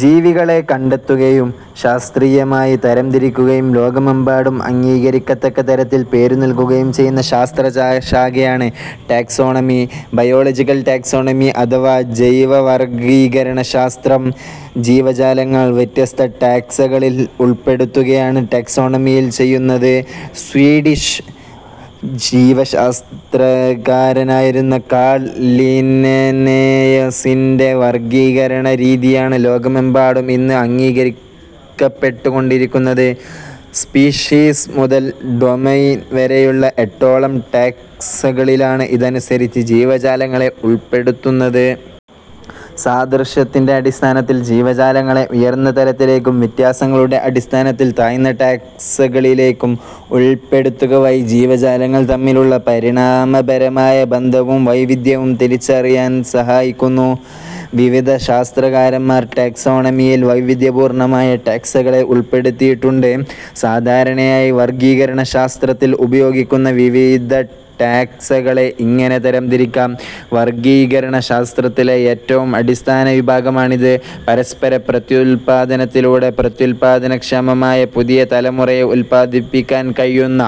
ജീവികളെ കണ്ടെത്തുകയും ശാസ്ത്രീയമായി തരംതിരിക്കുകയും ലോകമെമ്പാടും അംഗീകരിക്കത്തക്ക തരത്തിൽ പേരുനൽകുകയും ചെയ്യുന്ന ശാസ്ത്രശാഖയാണ് ടാക്സോണമി, ബയോളജിക്കൽ ടാക്സോണമി അഥവാ ജെവവർഗ്ഗീകരണശാസ്ത്രം. ജീവാലങ്ങളെ വ്യത്യസ്ത 'ടാക്സ' കളിൽ ഉൾപ്പെടുത്തുകയാണ് ടാക്സോണമിയിൽ ചെയ്യുന്നത്. സ്വീഡിഷ് ജീവശാസ്ത്രകാരനായിരുന്ന കാൾ ലിന്നേയസിന്റെ വർഗ്ഗീകരണരീതിയാണ് ലോകമെമ്പാടും ഇന്ന് അംഗീകരിക്കപ്പെട്ടിരിക്കുന്നത്. സ്പീഷീസ് മുതൽ ഡൊമെയ്ൻ വരെയുള്ള എട്ടോളം ടാക്സകളിലാണ് ഇതനുസരിച്ച് ജീവജാലങ്ങളെ ഉൾപെടുത്തുന്നത്. സാദൃശ്യത്തിന്റെ അടിസഥാനത്തിൽ ജീവജാലങ്ങളെ ഉയർന്ന തലത്തിലേയ്ക്കും വ്യത്യാസങ്ങളുടെ അടിസ്ഥാനത്തിൽ താഴ്ന്ന ടാക്സകളിലേയ്ക്കും ഉൾപ്പെടുത്തുകവഴി ജീവജാലങ്ങൾ തമ്മിലുള്ള പരിണാമപരമായ ബന്ധവും വൈവിധ്യവും തിരിച്ചറിയാൽ സഹായിക്കുന്നു. വിവിധ ശാസ്ത്രകാരൻമാർ ടാക്സോണമിയിൽ വൈവിധ്യപൂർണ്ണമായ ടാക്സകളെ ഉൾപ്പെടുത്തിയിട്ടുണ്ട്. സാധാരണയായി വർഗ്ഗീകരണശാസ്ത്രത്തിൽ ഉപയോഗിക്കുന്ന വിവിധടാക്സകളെ ഇങ്ങനെ തരംതിരിക്കാം. വർഗ്ഗീകരണശാസ്ത്രത്തിലെ ഏറ്റവും അടിസ്ഥാനവിഭാഗമാണിത്. പരസ്പര പ്രത്യുൽപ്പാദനത്തിലൂടെ പ്രത്യുൽപ്പാദനക്ഷമമായ പുതിയ തലമുറയെ ഉത്പാദിപ്പിക്കാൻ കഴിയുന്ന,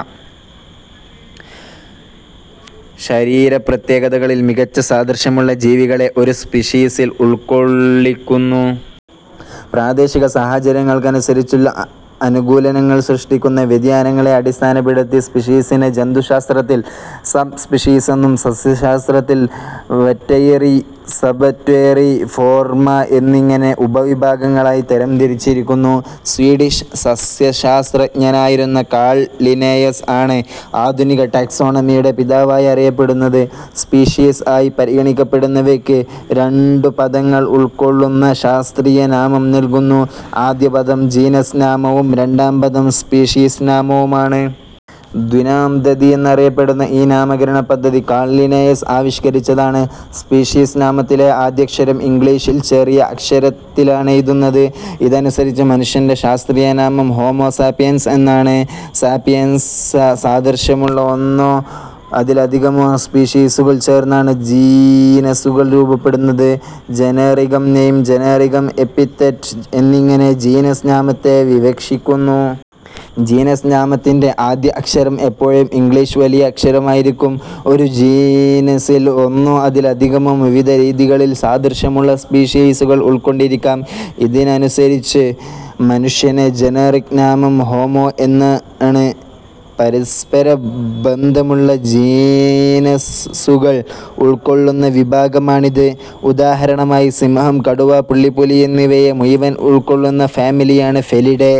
ശരീരപ്രത്യേകതകളിൽ മികച്ച സാദൃശ്യമുള്ള ജീവികളെ ഒരു സ്പീഷീസിൽ ഉൾക്കൊള്ളിക്കുന്നു. പ്രാദേശികസാഹചര്യങ്ങൾക്കനുസരിച്ചുള്ള അനുകൂലനങ്ങൾ സൃഷ്ടിക്കുന്ന വ്യതിയാനങ്ങളെ അടിസ്ഥാനപ്പെടുത്തി സ്പീഷീസിനെ ജന്തുശാസ്ത്രത്തിൽ സബ് സ്പീഷീസെന്നും സസ്യശാസ്ത്രത്തിൽ വെറൈറ്റി, സബ്വെറൈറ്റി, ഫോർമേ എന്നിങ്ങനെ ഉപവിഭാഗങ്ങളായി തരംതിരിച്ചിരിക്കുന്നു. സ്വീഡിഷ് സസ്യശാസ്ത്രജ്ഞനായിരുന്ന കാൾ ലിനേയസ് ആണ് ആധുനിക ടാക്സോണമിയുടെ പിതാവായി അറിയപ്പെടുന്നത്. സ്പീഷീസ് ആയി പരിഗണിക്കപ്പെടുന്നവയ്ക്ക് രണ്ടുപദങ്ങൾ ഉൾക്കൊള്ളുന്ന ശാസ്ത്രീയനാമം നൽകുന്നു. ആദ്യപദം ജീനസ് നാമവും രണ്ടാം പദം സ്പീഷീഷ് നാമവുമാണ്. ദ്വിനാമപദ്ധതി എന്നറിയപ്പടുന്ന ഈ നാമകരണപദ്ധതി കാൾ ലിനേയസ് ആവിഷ്കരിച്ചതാണ്. സ്പീഷീസ് നാമത്തിന്റെ ആദ്യക്ഷരം ഇംഗ്ലീഷ് ചെറിയ അക്ഷരത്തിലാണെഴുതുന്നത്. ഇതനുസരിച്ച് മനുഷ്യന്റെ ശാസ്ത്രീയനാമം ഹോമോ സാപിയൻസ് എന്നാണ്. സാദൃശ്യമുള്ള ഒന്നോ അതിലധികമോ സ്പീഷീസുകൾ ചേർന്നാണ് ജീനസ്സുകൾ രൂപ്പെടുന്നത്. ജനേറിക് നെയിം, ജനേറിക് എപ്പിതെറ്റ് എന്നിങ്ങനെ ജീനസ് നാമത്തെ വിവക്ഷിക്കുന്നു. ജീനസ് നാമത്തിന്റെ ആദ്യ അക്ഷരം എപ്പോഴും ഇംഗ്ളീഷ് വലിയ അക്ഷരമായിരിക്കും. ഒരു ജീനസ്സിൽ ഒന്നോ അതിലധികമോ വിവിധരീതികളിൽ സാദൃശ്യമുള്ള സ്പീഷീസുകൾ ഉൾക്കൊണ്ടിരിക്കാം. ഇതനുസരിച്ച് മനുഷ്യന്റെ ജനേറിക് നാമം ഹോമോ എന്നാണ്. പരസ്പരബന്ധമുള്ള ജീനസ്സുകൾ ഉൾക്കൊള്ളുന്ന വിഭാഗമാണിത്. ഉദാഹരണമായി സിംഹം, കടുവ, പുള്ളിപ്പുലി എന്നിവയെ മുഴുവൻ ഉൾക്കൊള്ളുന്ന ഫാമിലിയാണ് ഫെലിഡേ.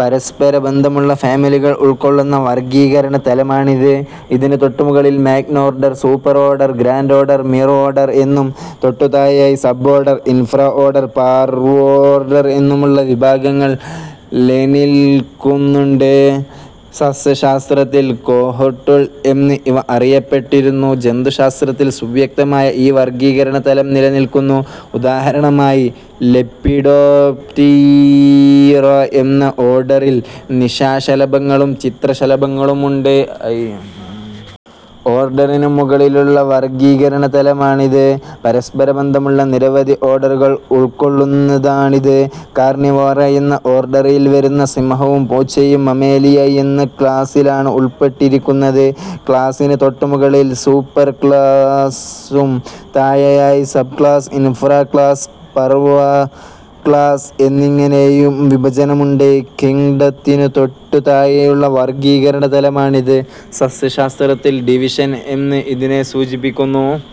പരസ്പരബന്ധമുള്ള ഫാമിലികൾ ഉൾക്കൊള്ളുന്ന വർഗ്ഗീകരണതലമാണിത്. ഇതിനുതൊട്ടുമുകളിൽ magnorder, superorder, grandorder, mirorder എന്നും തൊട്ടുതാഴെയായി സബ്ഓർഡർ, ഇൻഫ്രാഓർഡർ, പാർവോർഡർ എന്നുമുള്ള വിഭാഗങ്ങൾ ലനിൽക്കുന്നുണ്ട്. സസ്യശാസ്ത്രത്തിൽ കൊഹോർട്ടുൾ എന്ന് ഇവ അറിയപ്പെട്ടിരുന്നു. ജന്തുശാസ്ത്രത്തിൽ സുവ്യക്തമായി ഈ വർഗ്ഗീകരണതലം നിലനിൽക്കുന്നു. ഉദാഹരണമായി ലെപ്പിഡോപ്റ്റീറ എന്ന ഓർഡറിൽ നിശാശലഭങ്ങളും ചിത്രശലഭങ്ങളും ഉണ്ട്. ഓർഡറിനും മുകളിലുള്ള വർഗ്ഗീകരണതലമാണിത്. പരസ്പരബന്ധമുള്ള നിരവധി ഓർഡറുകൾ ഉൾക്കൊള്ളുന്നതാണിത്. കാർണിവോറ എന്ന ഓർഡറിൽ വരുന്ന സിംഹവും പൂച്ചയും മമേലിയ എന്ന ക്ലാസ്സിലാണ് ഉൾപ്പെട്ടിരിക്കുന്നത്. ക്ലാസ്സിന് തൊട്ടുമുകളിൽ സൂപ്പർക്ലാസ്സും താഴെയായി സബ്ക്ലാസ്സ്, ഇൻഫ്രാക്ലാസ്സ്, പാർവ് ക്ലാസ്സ് എന്നിങ്ങനെയും വിഭജനമുണ്ട്. കിംങ്ഡത്തിനു തൊട്ടുതാഴെയുള്ള വർഗ്ഗീകരണതലമാണിത്. സസ്യശാസ്ത്രത്തിൽ ഡിവിഷൻ എന്ന് ഇതിനെ സൂചിപ്പിക്കുന്നു.